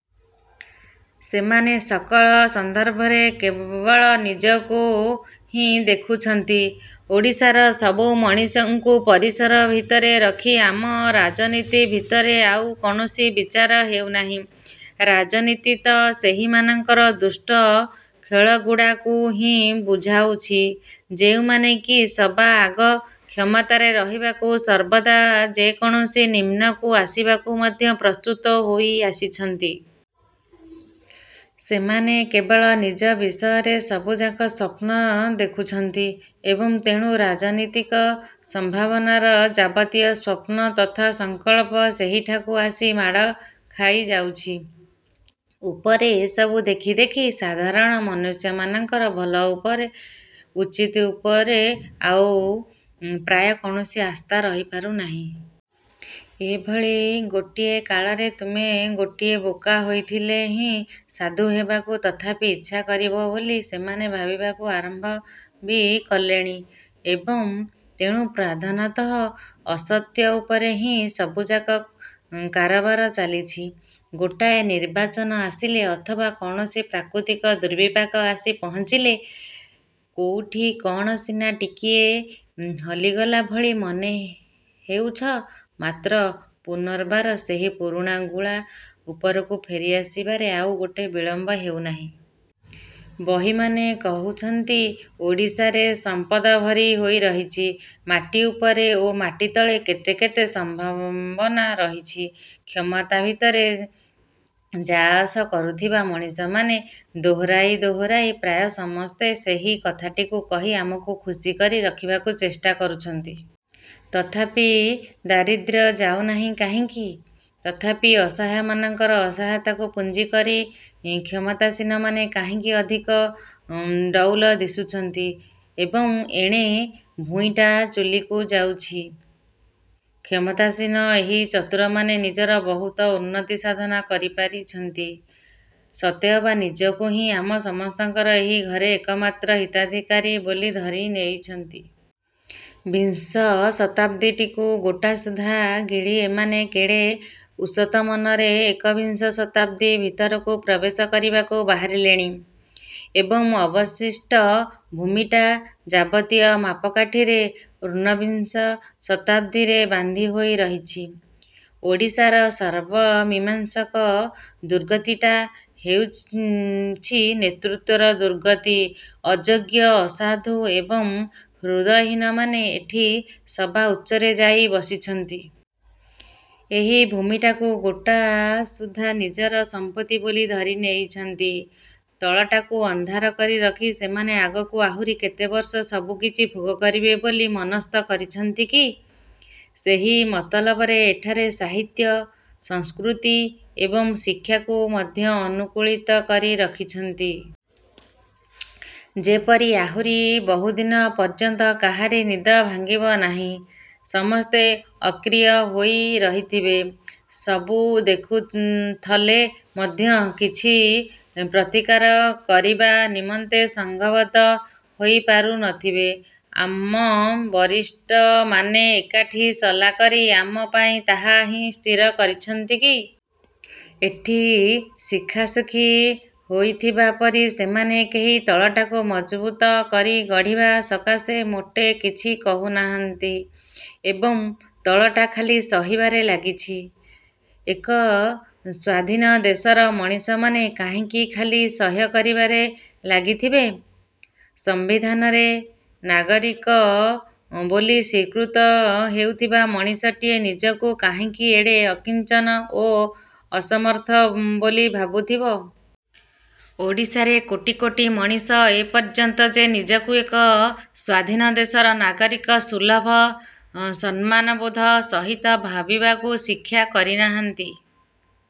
ସେମାନେ ସକଳ ସନ୍ଦର୍ଭରେ, କେବଳ ନିଜକୁ ହିଁ ଦେଖୁଛନ୍ତି। ଓଡ଼ିଶାର ସବୁ ମଣିଷଙ୍କୁ ପରିସର ଭିତରେ ରଖି ଆମ ରାଜନୀତି ଭିତରେ ଆଉ କୌଣସି ବିଚାର ହେଉନାହିଁ। ରାଜନୀତି ତ ସେହିମାନଙ୍କର ଦୁଷ୍ଟ ଖେଳଗୁଡ଼ାକୁ ହିଁ ବୁଝାଉଛି, ଯେଉଁମାନେ କି ସବାଆଗ କ୍ଷମତାରେ ରହିବାକୁ ସର୍ବଦା ଯେକୌଣସି ନିମ୍ନକୁ ଆସିବାକୁ ମଧ୍ୟ ପ୍ରସ୍ତୁତ ହୋଇ ଆସିଛନ୍ତି। ସେମାନେ କେବଳ ନିଜ ବିଷୟରେ ସବୁଯାକ ସ୍ଵପ୍ନ ଦେଖୁଛନ୍ତି ଏବଂ ତେଣୁ ରାଜନୀତିକ ସମ୍ଭାବନାର ଯାବତୀୟ ସ୍ୱପ୍ନ ତଥା ସଂକଳ୍ପ ସେହିଠାକୁ ଆସି ମାଡ଼ ଖାଇଯାଉଛି। ଉପରେ ଏସବୁ ଦେଖି ଦେଖି ସାଧାରଣ ମନୁଷ୍ୟମାନଙ୍କର ଭଲ ଉପରେ, ଉଚିତ ଉପରେ ଆଉ ପ୍ରାୟ କୌଣସି ଆସ୍ଥା ରହିପାରୁନାହିଁ। ଏଭଳି ଗୋଟିଏ କାଳରେ ତୁମେ ଗୋଟିଏ ବୋକା ହୋଇଥିଲେ ହିଁ ସାଧୁ ହେବାକୁ ତଥାପି ଇଚ୍ଛା କରିବ ବୋଲି ସେମାନେ ଭାବିବାକୁ ଆରମ୍ଭ ବି କଲେଣି ଏବଂ ତେଣୁ ପ୍ରାଧାନତଃ ଅସତ୍ୟ ଉପରେ ହିଁ ସବୁଯାକ କାରବାର ଚାଲିଛି। ଗୋଟାଏ ନିର୍ବାଚନ ଆସିଲେ ଅଥବା କୌଣସି ପ୍ରାକୃତିକ ଦୁର୍ବିପାକ ଆସି ପହଂଚିଲେ ,କୋଉଠି କ'ଣ ସିନା ଟିକିଏ ହଲିଗଲା ଭଳି ମନେ ହେଉଛ ମାତ୍ର ପୁନର୍ବାର ସେହି ପୁରୁଣା ଗୁଳା ଉପରକୁ ଫେରିଆସିବାରେ ଆଉ ମୋଟେ ବିଳମ୍ବ ହେଉନାହିଁ। ବହିମାନେ କହୁଛନ୍ତି ଓଡ଼ିଶାରେ ସମ୍ପଦ ଭରି ହୋଇ ରହିଛି। ମାଟି ଉପରେ ଓ ମାଟି ତଳେ କେତେ କେତେ ସମ୍ଭାବନା ରହିଛି। କ୍ଷମତା ଭିତରେ ଯାଆଆସ କରୁଥିବା ମଣିଷମାନେ ଦୋହରାଇ ଦୋହରାଇ ପ୍ରାୟ ସମସ୍ତେ ସେହି କଥାଟିକୁ କହି ଆମକୁ ଖୁସି କରି ରଖିବାକୁ ଚେଷ୍ଟା କରୁଛନ୍ତି। ତଥାପି ଦାରିଦ୍ର୍ୟ ଯାଉନାହିଁ କାହିଁକି? ତଥାପି ଅସହାୟମାନଙ୍କର ଅସହାୟତାକୁ ପୁଞ୍ଜି କରି କ୍ଷମତାସୀନମାନେ କାହିଁକି ଅଧିକ ଡ଼ଉଲ ଦିଶୁଛନ୍ତି ଏବଂ ଏଣେ ଭୂଇଁଟା ଚୂଲିକୁ ଯାଉଛି? କ୍ଷମତାସୀନ ଏହି ଚତୁରମାନେ ନିଜର ବହୁତ ଉନ୍ନତି ସାଧନ କରିପାରିଛନ୍ତି। ସତେଅବା ନିଜକୁ ହିଁ ଆମ ସମସ୍ତଙ୍କର ଏହି ଘରେ ଏକମାତ୍ର ହିତାଧିକାରୀ ବୋଲି ଧରି ନେଇଛନ୍ତି। ବିଂଶ ଶତାବ୍ଦୀଟିକୁ ଗୋଟାସୁଦ୍ଧା ଗିଳି ଏମାନେ କେଡ଼େ ଉଷତମନରେ ଏକବିଂଶ ଶତାବ୍ଦୀ ଭିତରକୁ ପ୍ରବେଶ କରିବାକୁ ବାହାରିଲେଣି। ଏବଂ ଅବଶିଷ୍ଟ ଭୂମିଟା। ଯାବତୀୟ ମାପକାଠିରେ ଊନବିଂଶ ଶତାବ୍ଦୀରେ ବାନ୍ଧି ହୋଇ ରହିଛି। ଓଡ଼ିଶାର ସର୍ବମୀମାଂସକ ଦୁର୍ଗତିଟା ହେଉଛି ନେତୃତ୍ୱର ଦୁର୍ଗତି। ଅଯୋଗ୍ୟ, ଅସାଧୁ ଏବଂ ହୃଦୟହୀନମାନେ ଏଠି ସବା ଉଚ୍ଚରେ ଯାଇ ବସିଛନ୍ତି। ଏହି ଭୂମିଟାକୁ ଗୋଟାସୁଦ୍ଧା ନିଜର ସମ୍ପତ୍ତି ବୋଲି ଧରି ନେଇଛନ୍ତି। ତଳଟାକୁ ଅନ୍ଧାର କରି ରଖି ସେମାନେ ଆଗକୁ ଆହୁରି କେତେ ବର୍ଷ ସବୁକିଛି ଭୋଗ କରିବେ ବୋଲି ମନସ୍ଥ କରିଛନ୍ତି କି? ସେହି ମତଲବରେ ଏଠାରେ ସାହିତ୍ୟ, ସଂସ୍କୃତି ଏବଂ ଶିକ୍ଷାକୁ ମଧ୍ୟ ଅନୁକୂଳିତ କରି ରଖିଛନ୍ତି। ଯେପରି ଆହୁରି ବହୁଦିନ ପର୍ଯ୍ୟନ୍ତ କାହାରି ନିଦ ଭାଙ୍ଗିବ ନାହିଁ, ସମସ୍ତେ ଅକ୍ରିୟ ହୋଇ ରହିଥିବେ, ସବୁ ଦେଖୁଥଲେ ମଧ୍ୟ କିଛି ପ୍ରତିକାର କରିବା ନିମନ୍ତେ ସଂଘବଦ୍ଧ ହୋଇପାରୁ ନଥିବେ। ଆମ ବରିଷ୍ଠମାନେ ଏକାଠି ସଲା କରି ଆମ ପାଇଁ ତାହା ହିଁ ସ୍ଥିର କରିଛନ୍ତି କି? ଏଠି ଶିଖାଶିଖି ହୋଇଥିବା ପରି ସେମାନେ କେହି ତଳଟାକୁ ମଜବୁତ କରି ଗଢ଼ିବା ସକାଶେ ମୋଟେ କିଛି କହୁନାହାନ୍ତି ଏବଂ, ତଳଟା ଖାଲି ସହିବାରେ ଲାଗିଛି। ଏକ ସ୍ୱାଧୀନ ଦେଶର ମଣିଷମାନେ କାହିଁକି ଖାଲି ସହ୍ୟ କରିବାରେ ଲାଗିଥିବେ? ସଂବିଧାନରେ ନାଗରିକ ବୋଲି ସ୍ଵୀକୃତ ହେଉଥିବା ମଣିଷଟିଏ ନିଜକୁ କାହିଁକି ଏଡ଼େ ଅକିଂଚନ ଓ ଅସମର୍ଥ ବୋଲି ଭାବୁଥିବ? ଓଡ଼ିଶାରେ କୋଟି କୋଟି ମଣିଷ ଏପର୍ଯ୍ୟନ୍ତ ଯେ ନିଜକୁ ଏକ ସ୍ୱାଧୀନ ଦେଶର ନାଗରିକସୁଲଭ ସମ୍ମାନବୋଧ ସହିତ ଭାବିବାକୁ ଶିକ୍ଷା କରିନାହାନ୍ତି।